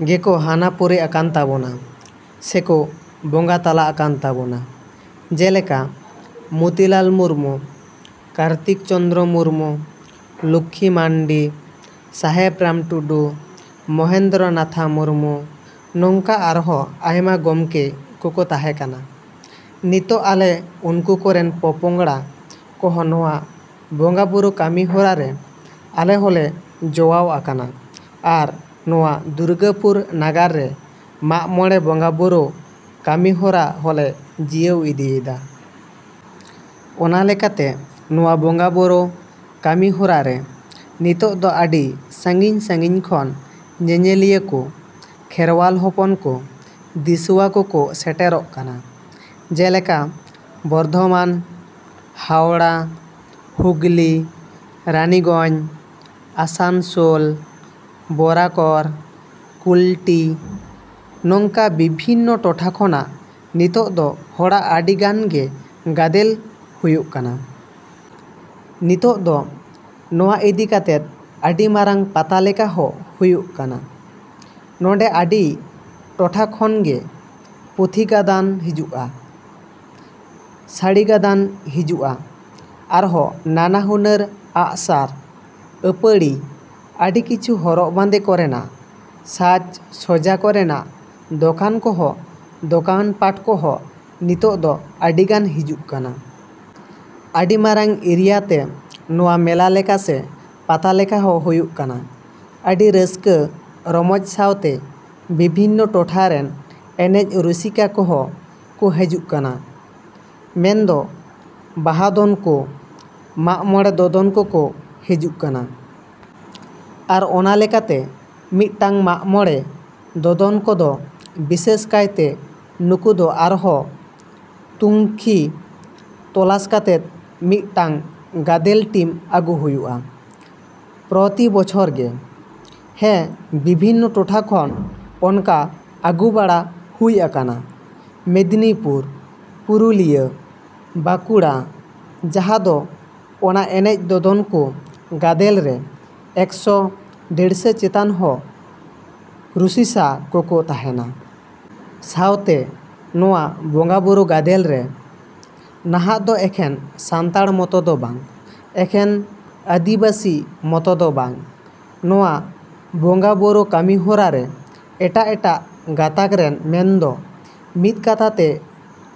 ᱜᱮᱠᱚ ᱦᱟᱱᱟ ᱯᱩᱨᱤ ᱟᱠᱟᱱ ᱛᱟᱵᱚᱱᱟ ᱥᱮᱠᱚ ᱵᱚᱸᱜᱟ ᱛᱟᱞᱟ ᱟᱠᱟᱱ ᱛᱟᱵᱚᱱᱟ, ᱡᱮᱞᱮᱠᱟ ᱢᱩᱛᱤᱞᱟᱞ ᱢᱩᱨᱢᱩ, ᱠᱟᱨᱛᱤᱠ ᱪᱚᱱᱫᱨᱚ ᱢᱩᱨᱢᱩ, ᱞᱚᱠᱷᱤ ᱢᱟᱱᱰᱤ, ᱥᱟᱦᱮᱵᱽ ᱨᱟᱢ ᱴᱩᱰᱩ, ᱢᱚᱦᱮᱱᱫᱨᱚ ᱱᱟᱛᱷᱟ ᱢᱩᱨᱢᱩ, ᱱᱚᱝᱠᱟ ᱟᱨᱦᱚᱸ ᱟᱭᱢᱟ ᱜᱚᱢᱠᱮ ᱠᱚᱠᱚ ᱛᱟᱦᱮᱸ ᱠᱟᱱᱟ᱾ ᱱᱤᱛᱳᱜ ᱟᱞᱮ ᱩᱱᱠᱩ ᱠᱚᱨᱮᱱ ᱯᱚᱯᱚᱝᱲᱟ ᱠᱚᱦᱚᱸ ᱱᱚᱣᱟ ᱵᱚᱸᱜᱟ ᱵᱳᱨᱳ ᱠᱟᱹᱢᱤ ᱦᱚᱨᱟ ᱨᱮ ᱟᱞᱮ ᱦᱚᱸᱞᱮ ᱡᱚᱣᱟᱣ ᱟᱠᱟᱱᱟ ᱟᱨ ᱱᱚᱣᱟ ᱫᱩᱨᱜᱟᱹᱯᱩᱨ ᱱᱟᱜᱟᱨ ᱨᱮ ᱢᱟᱜ ᱢᱚᱬᱮ ᱵᱚᱸᱜᱟ ᱵᱳᱨᱳ ᱠᱟᱹᱢᱤ ᱦᱚᱨᱟ ᱦᱚᱞᱮ ᱡᱤᱭᱟᱹᱣ ᱤᱫᱤᱭᱮᱫᱟ᱾ ᱚᱱᱟᱞᱮᱠᱟᱛᱮ ᱱᱚᱣᱟ ᱵᱚᱸᱜᱟ ᱵᱳᱨᱳ ᱠᱟᱹᱢᱤ ᱦᱚᱨᱟ ᱨᱮ ᱱᱤᱛᱳᱜ ᱫᱚ ᱟᱹᱰᱤ ᱥᱟᱺᱜᱤᱧᱼᱥᱟᱺᱜᱤᱧ ᱠᱷᱚᱱ ᱧᱮᱧᱮᱞᱤᱭᱟᱹ ᱠᱚ, ᱠᱷᱮᱨᱣᱟᱞ ᱦᱚᱯᱚᱱ ᱠᱚ, ᱫᱤᱥᱣᱟ ᱠᱚ ᱠᱚ ᱥᱮᱴᱮᱨᱚᱜ ᱠᱟᱱᱟ, ᱡᱮᱞᱮᱠᱟ ᱵᱚᱨᱫᱷᱚᱢᱟᱱ, ᱦᱟᱣᱲᱟ, ᱦᱩᱜᱽᱞᱤ, ᱨᱟᱱᱤᱜᱚᱧ, ᱟᱥᱟᱱᱥᱳᱞ, ᱵᱚᱨᱟᱠᱚᱨ, ᱠᱩᱞᱴᱤ, ᱱᱚᱝᱠᱟ ᱵᱤᱵᱷᱤᱱᱱᱚ ᱴᱚᱴᱷᱟ ᱠᱷᱚᱱᱟᱜ ᱱᱤᱛᱳᱜ ᱫᱚ ᱦᱚᱲᱟᱜ ᱟᱹᱰᱤ ᱜᱟᱱ ᱜᱮ ᱜᱟᱫᱮᱞ ᱦᱩᱭᱩᱜ ᱠᱟᱱᱟ᱾ ᱱᱤᱛᱳᱜ ᱫᱚ ᱱᱚᱣᱟ ᱤᱫᱤ ᱠᱟᱛᱮᱫ ᱟᱹᱰᱤ ᱢᱟᱨᱟᱝ ᱯᱟᱛᱟ ᱞᱮᱠᱟ ᱦᱚᱸ ᱦᱩᱭᱩᱜ ᱠᱟᱱᱟ᱾ ᱱᱚᱰᱮ ᱟᱹᱰᱤ ᱴᱚᱴᱷᱟ ᱠᱷᱚᱱ ᱜᱮ ᱯᱩᱛᱷᱤ ᱜᱟᱫᱟᱱ ᱦᱤᱡᱩᱜᱼᱟ, ᱥᱟᱹᱲᱤ ᱜᱟᱫᱟᱱ ᱦᱤᱡᱩᱜᱼᱟ ᱟᱨᱦᱚᱸ ᱱᱟᱱᱟ ᱦᱩᱱᱟᱹᱨ ᱟᱜᱼᱥᱟᱨ ᱟᱹᱯᱟᱹᱲᱤ, ᱟᱹᱰᱤ ᱠᱤᱪᱷᱩ ᱦᱚᱨᱚᱜ ᱵᱟᱸᱫᱮ ᱠᱚᱨᱮᱱᱟᱜ, ᱥᱟᱡᱽ ᱥᱚᱡᱟ ᱠᱚᱨᱮᱱᱟᱜ ᱫᱚᱠᱟᱱ ᱠᱚᱦᱚᱸ, ᱫᱚᱠᱟᱱ ᱯᱟᱴ ᱠᱚᱦᱚᱸ ᱱᱤᱛᱳᱜ ᱫᱚ ᱟᱹᱰᱤ ᱜᱟᱱ ᱦᱤᱡᱩᱜ ᱠᱟᱱᱟ᱾ ᱟᱹᱰᱤ ᱢᱟᱨᱟᱝ ᱮᱨᱤᱭᱟ ᱛᱮ ᱱᱚᱣᱟ ᱢᱮᱞᱟ ᱞᱮᱠᱟ ᱥᱮ ᱯᱟᱛᱟ ᱞᱮᱠᱟ ᱦᱚᱸ ᱦᱩᱭᱩᱜ ᱠᱟᱱᱟ᱾ ᱟᱹᱰᱤ ᱨᱟᱹᱥᱠᱟᱹ ᱨᱚᱢᱚᱡᱽ ᱥᱟᱶᱛᱮ ᱵᱚᱵᱷᱤᱱᱱᱚ ᱴᱚᱴᱷᱟ ᱨᱮᱱ ᱮᱱᱮᱡ ᱨᱩᱥᱤ ᱠᱟ ᱠᱚᱦᱚᱸ ᱠᱚ ᱦᱤᱡᱩᱜ ᱠᱟᱱᱟ, ᱢᱮᱱ ᱫᱚ ᱵᱟᱦᱟ ᱫᱚᱱ ᱠᱚ, ᱢᱟᱜ ᱢᱚᱬᱮ ᱫᱚᱫᱚᱱ ᱠᱚᱠᱚ ᱦᱤᱡᱩᱜ ᱠᱟᱱᱟ᱾ ᱟᱨ ᱚᱱᱟ ᱞᱮᱠᱟᱛᱮ ᱢᱤᱫᱴᱟᱝ ᱢᱟᱜ ᱢᱚᱬᱮ ᱫᱚᱫᱚᱱ ᱠᱚᱫᱚ ᱵᱤᱥᱮᱥ ᱠᱟᱭᱛᱮ ᱱᱩᱠᱩ ᱫᱚ ᱟᱨᱦᱚᱸ ᱛᱩᱱᱠᱷᱤ ᱛᱚᱞᱟᱥ ᱠᱟᱛᱮᱫ ᱢᱤᱫᱴᱟᱝ ᱜᱟᱫᱮᱞ ᱴᱤᱢ ᱟᱹᱜᱩ ᱦᱩᱭᱩᱜᱼᱟ ᱯᱨᱚᱛᱤ ᱵᱚᱪᱷᱚᱨ ᱜᱮ᱾ ᱦᱮᱸ, ᱵᱤᱵᱷᱤᱱᱱᱚ ᱴᱚᱴᱷᱟ ᱠᱷᱚᱱ ᱚᱱᱠᱟ ᱟᱹᱜᱩ ᱵᱟᱲᱟ ᱦᱩᱭ ᱟᱠᱟᱱᱟ, ᱢᱮᱫᱽᱱᱤᱯᱩᱨ, ᱯᱩᱨᱩᱞᱤᱭᱟᱹ, ᱵᱟᱸᱠᱩᱲᱟ ᱡᱟᱦᱟᱸ ᱫᱚ ᱚᱱᱟ ᱮᱱᱮᱡ ᱫᱚᱫᱚᱱ ᱠᱚ ᱜᱟᱫᱮᱞ ᱨᱮ ᱮᱠᱥᱚ ᱰᱮᱲᱥᱚ ᱪᱮᱛᱟᱱ ᱦᱚᱸ ᱨᱩᱥᱤᱥᱟ ᱠᱚᱠᱚ ᱛᱟᱦᱮᱱᱟ᱾ ᱥᱟᱶᱛᱮ ᱱᱚᱣᱟ ᱵᱚᱸᱜᱟ ᱵᱳᱨᱳ ᱜᱟᱫᱮᱞ ᱨᱮ ᱱᱟᱦᱟᱜ ᱫᱚ ᱮᱠᱷᱮᱱ ᱥᱟᱱᱛᱟᱲ ᱢᱚᱛᱚ ᱫᱚ ᱵᱟᱝ, ᱮᱠᱮᱱ ᱟᱹᱫᱤᱵᱟᱹᱥᱤ ᱢᱚᱛᱚ ᱫᱚ ᱵᱟᱝ, ᱱᱚᱣᱟ ᱵᱚᱸᱜᱟ ᱵᱳᱨᱳ ᱠᱟᱹᱢᱤ ᱦᱚᱨᱟ ᱨᱮ ᱮᱴᱟᱜᱼᱮᱴᱟᱜ ᱜᱟᱛᱟᱠ ᱨᱮᱱ ᱢᱮᱱ ᱫᱚ ᱢᱤᱫ ᱠᱟᱛᱷᱟ ᱛᱮ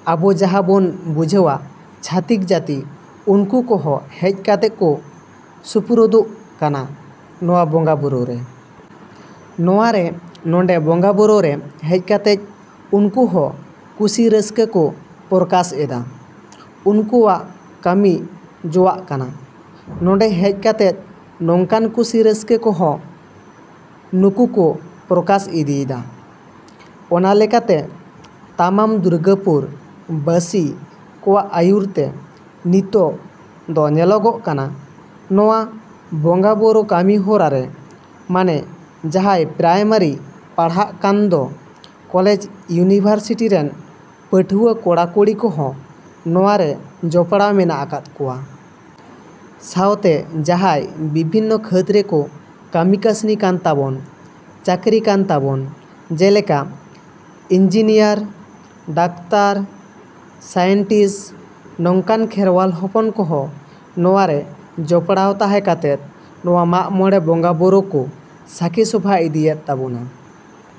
ᱟᱵᱚ ᱡᱟᱦᱟᱸ ᱵᱚᱱ ᱵᱩᱡᱷᱟᱹᱣᱟ ᱪᱷᱟᱹᱛᱤᱠ ᱡᱟᱹᱛᱤ ᱩᱱᱠᱩ ᱠᱚᱦᱚᱸ ᱦᱮᱡ ᱠᱟᱛᱮᱫ ᱠᱚ ᱥᱩᱯᱨᱩᱫᱚᱜ ᱠᱟᱱᱟ ᱱᱚᱣᱟ ᱵᱚᱸᱜᱟ ᱵᱳᱨᱳ ᱨᱮ᱾ ᱱᱚᱣᱟ ᱨᱮ ᱱᱚᱰᱮ ᱵᱚᱸᱜᱟ ᱵᱳᱨᱳ ᱨᱮ ᱦᱮᱡ ᱠᱟᱛᱮᱫ ᱩᱱᱠᱩ ᱦᱚᱸ ᱠᱩᱥᱤ ᱨᱟᱹᱥᱠᱟᱹ ᱠᱚ ᱯᱚᱨᱠᱟᱥ ᱮᱫᱟ, ᱩᱱᱠᱣᱟᱜ ᱠᱟᱹᱢᱤ ᱡᱚᱣᱟᱜ ᱠᱟᱱᱟ ᱱᱚᱰᱮ ᱦᱮᱡ ᱠᱟᱛᱮᱫ ᱱᱚᱝᱠᱟᱱ ᱠᱩᱥᱤ ᱨᱟᱹᱥᱠᱟᱹ ᱠᱚᱦᱚᱸ ᱱᱩᱠᱩ ᱠᱚ ᱯᱨᱚᱠᱟᱥ ᱤᱫᱤᱭᱮᱫᱟ᱾ ᱚᱱᱟ ᱞᱮᱠᱟ ᱛᱮ ᱛᱟᱢᱟᱢ ᱫᱩᱨᱜᱟᱹᱯᱩᱨ ᱵᱟᱹᱥᱤ ᱠᱚᱣᱟᱜ ᱟᱹᱭᱩᱨ ᱛᱮ ᱱᱤᱛᱳᱜ ᱫᱚ ᱧᱮᱞᱚᱜᱚᱜ ᱠᱟᱱᱟ ᱱᱚᱣᱟ ᱵᱚᱸᱜᱟ ᱵᱳᱨᱳ ᱠᱟᱹᱢᱤ ᱦᱚᱨᱟ ᱨᱮ ᱢᱟᱱᱮ ᱡᱟᱦᱟᱸᱭ ᱯᱨᱟᱭᱢᱟᱨᱤ ᱯᱟᱲᱦᱟᱜ ᱠᱟᱱ ᱫᱚ ᱠᱚᱞᱮᱡᱽ ᱭᱩᱱᱤᱵᱷᱟᱨᱥᱤᱴᱤ ᱨᱮᱱ ᱯᱟᱹᱴᱷᱩᱣᱟᱹ ᱠᱚᱲᱟ ᱠᱩᱲᱤ ᱠᱚᱦᱚᱸ ᱱᱚᱣᱟ ᱨᱮ ᱡᱚᱯᱲᱟᱣ ᱢᱮᱱᱟᱜ ᱟᱠᱟᱫ ᱠᱚᱣᱟ᱾ ᱥᱟᱶᱛᱮ ᱡᱟᱦᱟᱭ ᱵᱤᱵᱷᱤᱱᱱᱚ ᱠᱷᱟᱹᱛ ᱨᱮᱠᱚ ᱠᱟᱹᱢᱤ ᱠᱟᱹᱥᱱᱤ ᱠᱟᱱ ᱛᱟᱵᱚᱱ, ᱪᱟᱹᱠᱨᱤ ᱠᱟᱱ ᱛᱟᱵᱚᱱ, ᱡᱮᱞᱮᱠᱟ ᱤᱱᱡᱤᱱᱤᱭᱟᱨ, ᱰᱟᱠᱛᱟᱨ, ᱥᱟᱭᱮᱱᱴᱤᱥ ᱱᱚᱝᱠᱟᱱ ᱠᱷᱮᱨᱣᱟᱞ ᱦᱚᱯᱚᱱ ᱠᱚᱦᱚᱸ ᱱᱚᱣᱟ ᱨᱮ ᱡᱚᱯᱲᱟᱣ ᱛᱟᱦᱮᱸ ᱠᱟᱛᱮᱫ ᱱᱚᱣᱟ ᱢᱟᱜ ᱢᱚᱬᱮ ᱵᱚᱸᱜᱟ ᱵᱳᱨᱳ ᱠᱚ ᱥᱟᱹᱠᱷᱤ ᱥᱚᱵᱷᱟ ᱤᱫᱤᱭᱮᱫ ᱛᱟᱵᱚᱱᱟ᱾